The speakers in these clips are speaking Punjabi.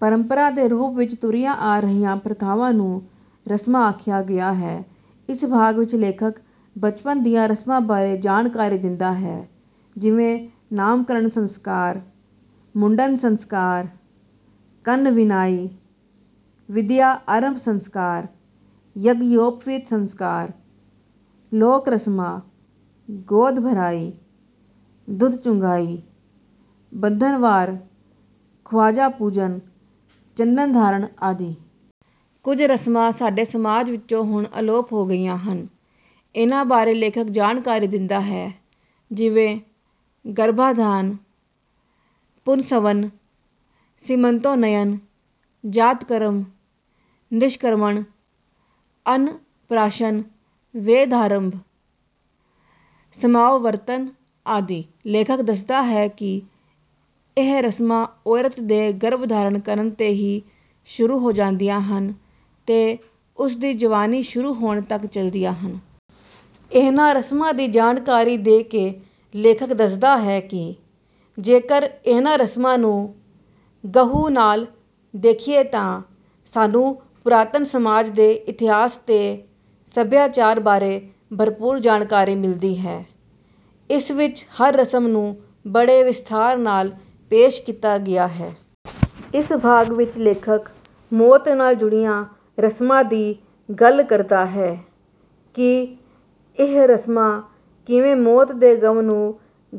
ਪਰੰਪਰਾ ਦੇ ਰੂਪ ਵਿੱਚ ਤੁਰੀਆਂ ਆ ਰਹੀਆਂ ਪ੍ਰਥਾਵਾਂ ਨੂੰ ਰਸਮਾਂ ਆਖਿਆ ਗਿਆ ਹੈ। ਇਸ ਭਾਗ ਵਿੱਚ ਲੇਖਕ ਬਚਪਨ ਦੀਆਂ ਰਸਮਾਂ ਬਾਰੇ ਜਾਣਕਾਰੀ ਦਿੰਦਾ ਹੈ, ਜਿਵੇਂ :- ਨਾਮਕਰਨ ਸੰਸਕਾਰ, ਮੁੰਡਨ ਸੰਸਕਾਰ, ਕੰਨ-ਵਿੰਨ੍ਹਾਈ, ਵਿੱਦਿਆ ਆਰੰਭ ਸੰਸਕਾਰ, ਯੱਗਯੋਪਵੀਤ ਸੰਸਕਾਰ, ਲੋਕ ਰਸਮਾਂ, ਗੋਦ ਭਰਾਈ, ਦੁੱਧ ਚੁੰਘਾਈ, ਬੰਧਨਵਾਰ, ਖਵਾਜਾ-ਪੂਜਨ, ਚੰਦਨ ਧਾਰਨ ਆਦਿ। ਕੁਝ ਰਸਮਾਂ ਸਾਡੇ ਸਮਾਜ ਵਿੱਚੋਂ ਹੁਣ ਅਲੋਪ ਹੋ ਗਈਆਂ ਹਨ, ਇਹਨਾਂ ਬਾਰੇ ਲੇਖਕ ਜਾਣਕਾਰੀ ਦਿੰਦਾ ਹੈ, ਜਿਵੇਂ ਗਰਭਾਧਾਨ, ਪੁੰਸਵਨ, ਸੀਮੰਤੋਨਯਨ, ਜਾਤਕਰਮ, ਨਿਸ਼ਕ੍ਰਮਣ, ਅੰਨ-ਪ੍ਰਾਸ਼ਨ, ਵੇਦ-ਆਰੰਭ, ਸਮਾਵਰਤਨ ਆਦਿ। ਲੇਖਕ ਦੱਸਦਾ ਹੈ ਕਿ ਇਹ ਰਸਮਾਂ ਔਰਤ ਦੇ ਗਰਭ ਧਾਰਨ ਕਰਨ 'ਤੇ ਹੀ ਸ਼ੁਰੂ ਹੋ ਜਾਂਦੀਆਂ ਹਨ ਤੇ ਉਸ ਦੀ ਜਵਾਨੀ ਸ਼ੁਰੂ ਹੋਣ ਤੱਕ ਚਲਦੀਆਂ ਹਨ। ਇਹਨਾਂ ਰਸਮਾਂ ਦੀ ਜਾਣਕਾਰੀ ਦੇ ਕੇ ਲੇਖਕ ਦੱਸਦਾ ਹੈ ਕਿ ਜੇਕਰ ਇਹਨਾਂ ਰਸਮਾਂ ਨੂੰ ਗਹੁ ਨਾਲ ਦੇਖੀਏ ਤਾਂ ਸਾਨੂੰ ਪੁਰਾਤਨ ਸਮਾਜ ਦੇ ਇਤਿਹਾਸ ਤੇ ਸੱਭਿਆਚਾਰ ਬਾਰੇ ਭਰਪੂਰ ਜਾਣਕਾਰੀ ਮਿਲਦੀ ਹੈ। ਇਸ ਵਿੱਚ ਹਰ ਰਸਮ ਨੂੰ ਬੜੇ ਵਿਸਥਾਰ ਨਾਲ ਪੇਸ਼ ਕੀਤਾ ਗਿਆ ਹੈ। ਇਸ ਭਾਗ ਵਿੱਚ ਲੇਖਕ ਮੌਤ ਨਾਲ ਜੁੜੀਆਂ ਰਸਮਾਂ ਦੀ ਗੱਲ ਕਰਦਾ ਹੈ ਕਿ ਇਹ ਰਸਮਾਂ ਕਿਵੇਂ ਮੌਤ ਦੇ ਗ਼ਮ ਨੂੰ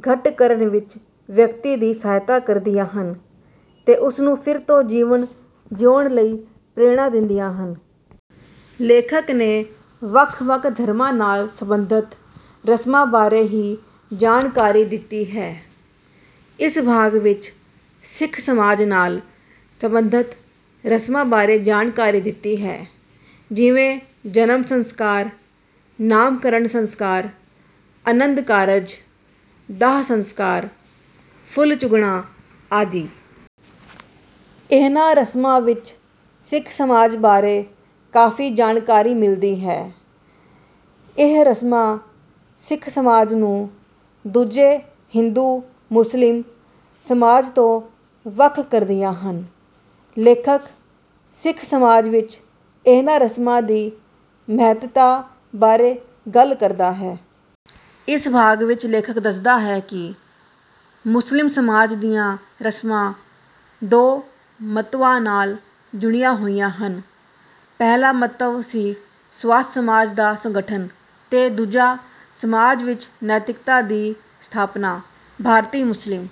ਘੱਟ ਕਰਨ ਵਿੱਚ ਵਿਅਕਤੀ ਦੀ ਸਹਾਇਤਾ ਕਰਦੀਆਂ ਹਨ ਤੇ ਉਸ ਨੂੰ ਫਿਰ ਤੋਂ ਜੀਵਨ ਜਿਉਣ ਲਈ ਪ੍ਰੇਰਨਾ ਦਿੰਦੀਆਂ ਹਨ। ਲੇਖਕ ਨੇ ਵੱਖ-ਵੱਖ ਧਰਮਾਂ ਨਾਲ ਸਬੰਧਤ ਰਸਮਾਂ ਬਾਰੇ ਹੀ ਜਾਣਕਾਰੀ ਦਿੱਤੀ ਹੈ। ਇਸ ਭਾਗ ਵਿੱਚ ਸਿੱਖ ਸਮਾਜ ਨਾਲ ਸਬੰਧਤ ਰਸਮਾਂ ਬਾਰੇ ਜਾਣਕਾਰੀ ਦਿੱਤੀ ਹੈ, ਜਿਵੇਂ - ਜਨਮ ਸੰਸਕਾਰ, ਨਾਮਕਰਨ ਸੰਸਕਾਰ, ਅਨੰਦ ਕਾਰਜ, ਦਾਹ-ਸੰਸਕਾਰ, ਫੁੱਲ ਚੁਗਣਾ ਆਦਿ। ਇਹਨਾਂ ਰਸਮਾਂ ਵਿੱਚ ਸਿੱਖ ਸਮਾਜ ਬਾਰੇ ਕਾਫ਼ੀ ਜਾਣਕਾਰੀ ਮਿਲਦੀ ਹੈ। ਇਹ ਰਸਮਾਂ ਸਿੱਖ ਸਮਾਜ ਨੂੰ ਦੂਜੇ ਹਿੰਦੂ-ਮੁਸਲਿਮ ਸਮਾਜ ਤੋਂ ਵੱਖ ਕਰਦੀਆਂ ਹਨ। ਲੇਖਕ ਸਿੱਖ ਸਮਾਜ ਵਿੱਚ ਇਹਨਾਂ ਰਸਮਾਂ ਦੀ ਮਹੱਤਤਾ ਬਾਰੇ ਗੱਲ ਕਰਦਾ ਹੈ। ਇਸ ਭਾਗ ਵਿੱਚ ਲੇਖਕ ਦੱਸਦਾ ਹੈ ਕਿ ਮੁਸਲਿਮ ਸਮਾਜ ਦੀਆਂ ਰਸਮਾਂ ਦੋ ਮੰਤਵਾਂ ਨਾਲ ਜੁੜੀਆਂ ਹੋਈਆਂ ਹਨ। ਪਹਿਲਾ ਮੰਤਵ ਸੀ ਸੁਆਸਥ ਸਮਾਜ ਦਾ ਸੰਗਠਨ ਤੇ ਦੂਜਾ ਸਮਾਜ ਵਿੱਚ ਨੈਤਿਕਤਾ ਦੀ ਸਥਾਪਨਾ। ਭਾਰਤੀ ਮੁਸਲਿਮ